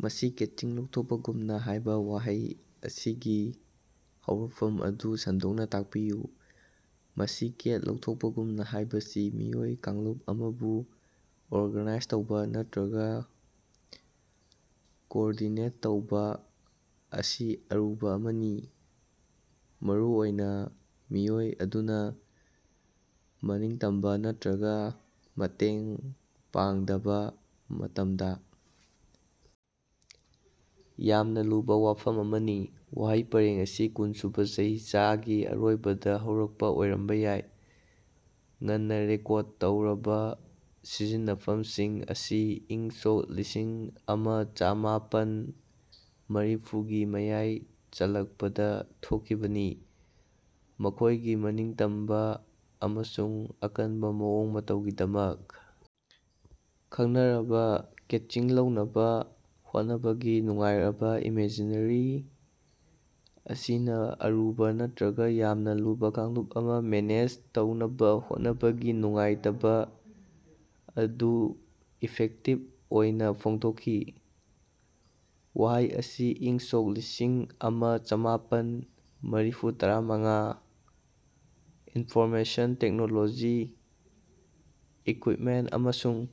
ꯃꯁꯤ ꯀꯦꯠꯁꯤꯡ ꯂꯧꯊꯣꯛꯄꯒꯨꯝꯅꯥ ꯍꯥꯏꯕꯥ ꯋꯥꯍꯩ ꯑꯁꯤꯒꯤ ꯍꯧꯔꯛꯐꯝ ꯑꯗꯨ ꯁꯟꯗꯣꯛꯅꯥ ꯇꯥꯛꯄꯤꯌꯨ꯫ ꯃꯁꯤ ꯀꯦꯠ ꯂꯧꯊꯣꯛꯄꯒꯨꯝꯅꯥ ꯍꯥꯏꯕꯁꯤ ꯃꯤꯑꯣꯏ ꯀꯥꯡꯂꯨꯞ ꯑꯃꯕꯨ ꯑꯣꯔꯒꯥꯅꯥꯏꯖ ꯇꯧꯕꯥ ꯅꯠꯇ꯭ꯔꯒꯥ ꯀꯣꯑꯣꯔꯗꯤꯅꯦꯠ ꯇꯧꯕꯥ ꯑꯁꯤ ꯑꯔꯨꯕꯥ ꯑꯃꯅꯤ, ꯃꯔꯨꯑꯣꯏꯅꯥ ꯃꯤꯑꯣꯏ ꯑꯗꯨꯅꯥ ꯃꯅꯤꯡꯇꯝꯕꯥ ꯅꯠꯇ꯭ꯔꯒꯥ ꯃꯇꯦꯡ ꯄꯥꯡꯗꯕꯥ ꯃꯇꯝꯗꯥ ꯌꯥꯝꯅꯥ ꯂꯨꯕꯥ ꯋꯥꯐꯝ ꯑꯃꯅꯤ꯫ ꯋꯥꯍꯩ ꯄꯔꯦꯡ ꯑꯁꯤ ꯀꯨꯟꯁꯨꯕꯥ ꯆꯍꯤꯆꯥꯒꯤ ꯑꯔꯣꯏꯕꯗꯥ ꯍꯧꯔꯛꯄꯥ ꯑꯣꯏꯔꯝꯕꯥ ꯌꯥꯏ, ꯉꯟꯅꯥ ꯔꯦꯀꯣꯔꯗ ꯇꯧꯔꯕꯥ ꯁꯤꯖꯤꯟꯅꯐꯝꯁꯤꯡ ꯑꯁꯤ ꯏꯪ ꯁꯣꯛ ꯂꯤꯁꯤꯡ ꯑꯃꯥ ꯆꯥꯝꯃꯥꯄꯟ ꯃꯔꯤꯐꯨꯒꯤ ꯃꯌꯥꯏ ꯆꯜꯂꯛꯄꯗꯥ ꯊꯣꯛꯈꯤꯕꯅꯤ꯫ ꯃꯈꯣꯏꯒꯤ ꯃꯅꯤꯡꯇꯝꯕꯥ ꯑꯃꯁꯨꯡ ꯑꯀꯟꯕꯥ ꯃꯑꯣꯡ ꯃꯇꯧꯒꯤꯗꯃꯛ ꯈꯪꯅꯔꯕꯥ ꯀꯦꯠꯁꯤꯡ ꯂꯧꯅꯕꯥ ꯍꯣꯠꯅꯕꯒꯤ ꯅꯨꯡꯉꯥꯏꯔꯕꯥ ꯏꯃꯦꯖꯔꯤ ꯑꯁꯤꯅꯥ ꯑꯔꯨꯕꯥ ꯅꯠꯇ꯭ꯔꯒꯥ ꯌꯥꯝꯅꯥ ꯂꯨꯕꯥ ꯀꯥꯡꯂꯨꯞ ꯑꯃꯥ ꯃꯦꯅꯦꯖ ꯇꯧꯅꯕꯥ ꯍꯣꯠꯅꯕꯒꯤ ꯅꯨꯡꯉꯥꯏꯇꯕꯥ ꯑꯗꯨ ꯏꯐꯦꯛꯇꯤꯞ ꯑꯣꯏꯅꯥ ꯐꯣꯡꯗꯣꯛꯈꯤ꯫ ꯋꯥꯍꯩ ꯑꯁꯤ ꯏꯪ ꯁꯣꯛ ꯂꯤꯁꯤꯡ ꯑꯃꯥ ꯆꯥꯝꯃꯥꯄꯟ ꯃꯔꯤꯐꯨꯇꯔꯥꯃꯉꯥꯗꯥ ꯏꯟꯐꯣꯔꯃꯦꯁꯟ ꯇꯦꯛꯅꯣꯂꯣꯖꯤ ꯏꯀ꯭ꯋꯤꯞꯃꯦꯟ ꯑꯃꯁꯨꯡ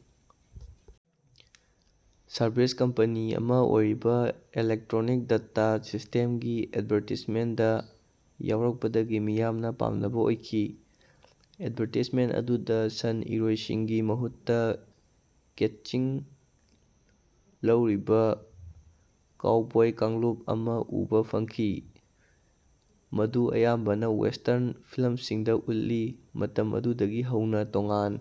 ꯁꯔꯕꯤꯁ ꯀꯝꯄꯦꯅꯤ ꯑꯃꯥ ꯑꯣꯏꯔꯤꯕꯥ ꯏꯂꯦꯛꯇ꯭ꯔꯣꯅꯤꯛ ꯗꯦꯇꯥ ꯁꯤꯁ꯭ꯇꯦꯝꯁꯒꯤ ꯑꯦꯠꯚꯥꯔꯇꯥꯏꯖꯃꯦꯟꯇ ꯑꯃꯗꯥ ꯌꯥꯎꯔꯛꯄꯗꯒꯤ ꯃꯤꯌꯥꯝꯅꯥ ꯄꯥꯝꯅꯕꯥ ꯑꯣꯏꯈꯤ꯫ ꯑꯦꯠꯚꯥꯔꯇꯥꯏꯖꯃꯦꯟꯇ ꯑꯗꯨꯗꯥ ꯁꯟ-ꯏꯔꯣꯏꯁꯤꯡꯒꯤ ꯃꯍꯨꯠꯇꯥ ꯀꯦꯠꯁꯤꯡ ꯂꯧꯔꯤꯕꯥ ꯀꯥꯎꯕꯣꯏ ꯀꯥꯡꯂꯨꯞ ꯑꯃꯥ ꯎꯕꯥ ꯐꯪꯈꯤ, ꯃꯗꯨ ꯑꯌꯥꯝꯕꯅꯥ ꯋꯦꯁꯇ꯭ꯔꯟ ꯐꯤꯂꯝꯁꯤꯡꯗꯥ ꯎꯠꯂꯤ꯫ ꯃꯇꯝ ꯑꯗꯨꯗꯒꯤ ꯍꯧꯅꯥ ꯇꯣꯉꯥꯟ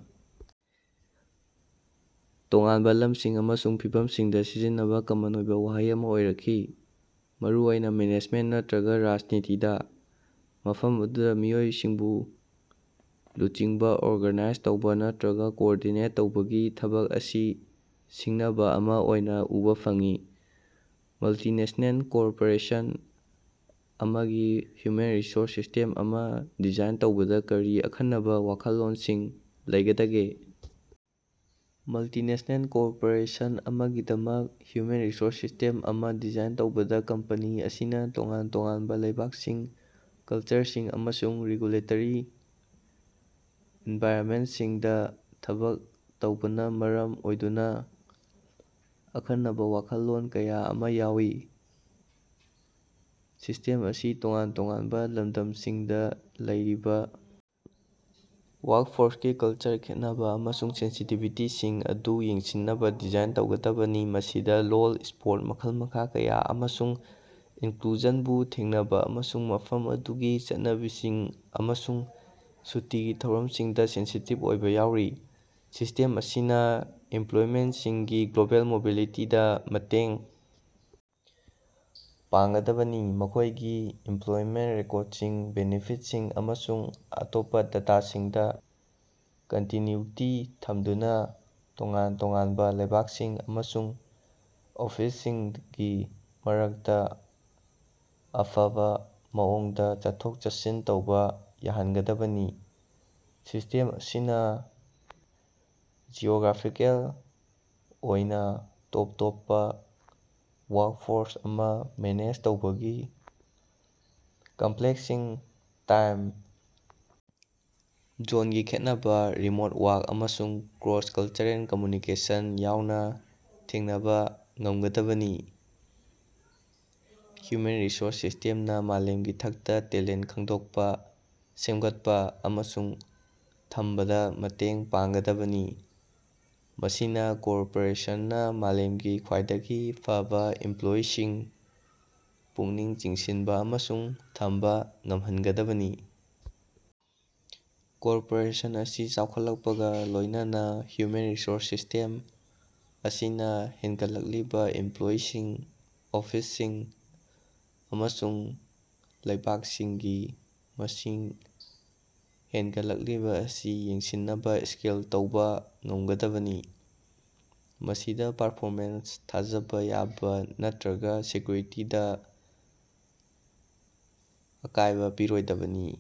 ꯇꯣꯉꯥꯟꯕꯥ ꯂꯝꯁꯤꯡ ꯑꯃꯁꯨꯡ ꯐꯤꯚꯝꯁꯤꯡꯗꯥ ꯁꯤꯖꯤꯟꯅꯕꯥ ꯀꯃꯟ ꯑꯣꯏꯕꯥ ꯋꯥꯍꯩ ꯑꯃꯥ ꯑꯣꯏꯔꯛꯈꯤ, ꯃꯔꯨꯑꯣꯏꯅꯥ ꯃꯦꯅꯦꯖꯃꯦꯟ ꯅꯠꯇ꯭ꯔꯒꯥ ꯔꯥꯖꯅꯤꯇꯤꯗꯥ, ꯃꯐꯝ ꯑꯗꯨꯗꯥ ꯃꯤꯑꯣꯏꯁꯤꯡꯕꯨ ꯂꯨꯆꯤꯡꯕꯥ, ꯑꯣꯔꯒꯅꯥꯏꯖ ꯇꯧꯕꯥ ꯅꯠꯇ꯭ꯔꯒꯥ ꯀꯣꯑꯣꯔꯗꯤꯅꯦꯠ ꯇꯧꯕꯒꯤ ꯊꯕꯛ ꯑꯁꯤ ꯁꯤꯡꯅꯕꯥ ꯑꯃꯥ ꯑꯣꯏꯅꯥ ꯎꯕꯥ ꯐꯪꯏ꯫ ꯃꯜꯇꯤꯅꯦꯁꯅꯦꯜ ꯀꯣꯔꯄꯣꯔꯦꯁꯟ ꯑꯃꯒꯤ ꯍ꯭ꯌꯨꯃꯦꯟ ꯔꯤꯁꯣꯔꯁ ꯁꯤꯁꯇꯦꯝ ꯑꯃꯥ ꯗꯤꯖꯥꯏꯟ ꯇꯧꯕꯗꯥ ꯀꯔꯤ ꯑꯈꯟꯅꯕꯥ ꯋꯥꯈꯜꯂꯣꯟꯁꯤꯡ ꯂꯩꯒꯗꯒꯦ? ꯃꯜꯇꯤꯅꯦꯁꯅꯦꯜ ꯀꯣꯔꯄꯣꯔꯦꯁꯟ ꯑꯃꯒꯤꯗꯃꯛ ꯍ꯭ꯌꯨꯃꯦꯟ ꯔꯤꯁꯣꯔꯁ ꯁꯤꯁ꯭ꯇꯦꯝ ꯑꯃꯥ ꯗꯤꯖꯥꯏꯟ ꯇꯧꯕꯗꯥ ꯀꯝꯄꯦꯅꯤ ꯑꯁꯤꯅꯥ ꯇꯣꯉꯥꯟ ꯇꯣꯉꯥꯟꯕꯥ ꯂꯩꯕꯥꯛꯁꯤꯡ, ꯀꯜꯆꯔꯁꯤꯡ ꯑꯃꯁꯨꯡ ꯔꯦꯒꯨꯂꯦꯇꯔꯤ ꯑꯦꯟꯚꯥꯏꯔꯟꯃꯦꯟꯁꯤꯡꯗꯥ ꯊꯕꯛ ꯇꯧꯕꯅꯥ ꯃꯔꯝ ꯑꯣꯏꯗꯨꯅꯥ ꯑꯈꯟꯅꯕꯥ ꯋꯥꯈꯜꯂꯣꯟ ꯀꯌꯥ ꯑꯃꯥ ꯌꯥꯎꯏ꯫ ꯁꯤꯁꯇꯦꯝ ꯑꯁꯤ ꯇꯣꯉꯥꯟ ꯇꯣꯉꯥꯟꯕꯥ ꯂꯝꯗꯝꯁꯤꯡꯗꯥ ꯂꯩꯔꯤꯕꯥ ꯋꯥꯛꯐꯣꯔꯁꯀꯤ ꯀꯜꯆꯔꯦꯜ ꯈꯦꯠꯅꯕꯥ ꯑꯃꯁꯨꯡ ꯁꯦꯟꯁꯤꯇꯤꯕꯤꯇꯤꯁꯤꯡ ꯑꯗꯨ ꯌꯦꯡꯁꯤꯟꯅꯕꯥ ꯗꯤꯖꯥꯏꯟ ꯇꯧꯒꯗꯕꯅꯤ꯫ ꯃꯁꯤꯗꯥ ꯂꯣꯜ, ꯁꯄꯣꯔꯠ, ꯃꯈꯜ-ꯃꯈꯥ ꯀꯌꯥ ꯑꯃꯁꯨꯡ ꯏꯟꯀ꯭ꯂꯨꯖꯟꯕꯨ ꯊꯦꯡꯅꯕꯥ ꯑꯃꯁꯨꯡ ꯃꯐꯝ ꯑꯗꯨꯒꯤ ꯆꯠꯅꯕꯤꯁꯤꯡ ꯑꯃꯁꯨꯡ ꯁꯨꯇꯤꯒꯤ ꯊꯧꯔꯝꯁꯤꯡꯗꯥ ꯁꯦꯟꯁꯤꯇꯤꯞ ꯑꯣꯏꯕꯥ ꯌꯥꯎꯔꯤ꯫ ꯁꯤꯁꯇꯦꯝ ꯑꯁꯤꯅꯥ ꯏꯃꯄ꯭ꯂꯣꯌꯤꯁꯤꯡꯒꯤ ꯒ꯭ꯂꯣꯕꯦꯜ ꯃꯣꯕꯤꯂꯤꯇꯤꯗꯥ ꯃꯇꯦꯡ ꯄꯥꯡꯒꯗꯕꯅꯤ, ꯃꯈꯣꯏꯒꯤ ꯏꯝꯄ꯭ꯂꯣꯏꯃꯦꯟ ꯔꯦꯀꯣꯠꯁꯤꯡ, ꯕꯦꯅꯤꯐꯤꯠꯁꯤꯡ ꯑꯃꯁꯨꯡ ꯑꯇꯣꯞꯄꯥ ꯗꯦꯇꯥꯁꯤꯡꯗꯥ ꯀꯟꯇꯤꯅ꯭ꯌꯨꯇꯤ ꯊꯝꯗꯨꯅꯥ ꯇꯣꯉꯥꯟ ꯇꯣꯉꯥꯟꯕꯥ ꯂꯩꯕꯥꯛꯁꯤꯡ ꯑꯃꯁꯨꯡ ꯑꯣꯐꯤꯁꯁꯤꯡꯒꯤ ꯃꯔꯛꯇꯥ ꯑꯐꯕꯥ ꯃꯑꯣꯡꯗꯥ ꯆꯠꯊꯣꯛ-ꯆꯠꯁꯤꯟ ꯇꯧꯕꯥ ꯌꯥꯍꯟꯒꯗꯕꯅꯤ꯫ ꯁꯤꯁꯇꯦꯝ ꯑꯁꯤꯅꯥ ꯖꯤꯑꯣꯒ꯭ꯔꯥꯐꯤꯀꯦꯜ ꯑꯣꯏꯅꯥ ꯇꯣꯞ ꯇꯣꯞꯄꯥ ꯋꯥꯛꯐꯣꯔꯁ ꯑꯃꯥ ꯃꯦꯅꯦꯖ ꯇꯧꯕꯒꯤ ꯀꯝꯄ꯭ꯂꯦꯛꯁꯁꯤꯡ, ꯇꯥꯏꯝ ꯖꯣꯟꯒꯤ ꯈꯦꯠꯅꯕꯥ, ꯔꯤꯃꯣꯠ ꯋꯥꯔꯛ ꯑꯃꯁꯨꯡ ꯀ꯭ꯔꯣꯁ-ꯀꯜꯆꯔꯦꯜ ꯀꯝꯃ꯭ꯌꯨꯅꯤꯀꯦꯁꯟ ꯌꯥꯎꯅꯥ ꯊꯦꯡꯅꯕꯥ ꯉꯝꯒꯗꯕꯅꯤ꯫ ꯍ꯭ꯌꯨꯃꯦꯟ ꯔꯤꯁꯣꯔꯁ ꯁꯤꯁꯇꯦꯝꯅꯥ ꯃꯥꯂꯦꯝꯒꯤ ꯊꯥꯛꯇꯥ ꯇꯦꯂꯦꯟ ꯈꯪꯗꯣꯛꯄꯥ, ꯁꯦꯝꯒꯠꯄꯥ ꯑꯃꯁꯨꯡ ꯊꯝꯕꯗꯥ ꯃꯇꯦꯡ ꯄꯥꯡꯒꯗꯕꯅꯤ, ꯃꯁꯤꯅꯥ ꯀꯣꯔꯄꯣꯔꯦꯁꯟꯅꯥ ꯃꯥꯂꯦꯝꯒꯤ ꯈ꯭ꯋꯥꯏꯗꯒꯤ ꯐꯕꯥ ꯑꯦꯝꯄ꯭ꯂꯣꯏꯁꯤꯡ ꯄꯨꯛꯅꯤꯡ ꯆꯤꯡꯁꯤꯟꯕꯥ ꯑꯃꯁꯨꯡ ꯊꯝꯕꯥ ꯉꯝꯍꯟꯒꯗꯕꯅꯤ꯫ ꯀꯣꯔꯄꯣꯔꯦꯁꯟ ꯑꯁꯤ ꯆꯥꯎꯈꯠꯂꯛꯄꯒꯥ ꯂꯣꯏꯅꯅꯥ, ꯍ꯭ꯌꯨꯃꯦꯟ ꯔꯤꯁꯣꯔꯁ ꯁꯤꯁ꯭ꯇꯦꯝ ꯑꯁꯤꯅꯥ ꯍꯦꯟꯒꯠꯂꯛꯂꯤꯕꯥ ꯑꯦꯝꯄ꯭ꯂꯣꯌꯤꯁꯤꯡ, ꯑꯣꯐꯤꯁꯁꯤꯡ ꯑꯃꯁꯨꯡ ꯂꯩꯕꯥꯛꯁꯤꯡꯒꯤ ꯃꯁꯤꯡ ꯍꯦꯟꯒꯠꯂꯛꯂꯤꯕꯥ ꯑꯁꯤ ꯌꯦꯡꯁꯤꯟꯅꯕꯥ ꯁ꯭ꯀꯦꯜ ꯇꯧꯕꯥ ꯉꯝꯒꯗꯕꯅꯤ, ꯃꯁꯤꯗꯥ ꯄꯔꯐꯣꯃꯦꯟꯁ, ꯊꯥꯖꯕꯥ ꯌꯥꯕꯥ ꯅꯠꯇ꯭ꯔꯒꯥ ꯁꯦꯀ꯭ꯌꯨꯔꯤꯇꯤꯗꯥ ꯑꯀꯥꯏꯕꯥ ꯄꯤꯔꯣꯏꯗꯕꯅꯤ꯫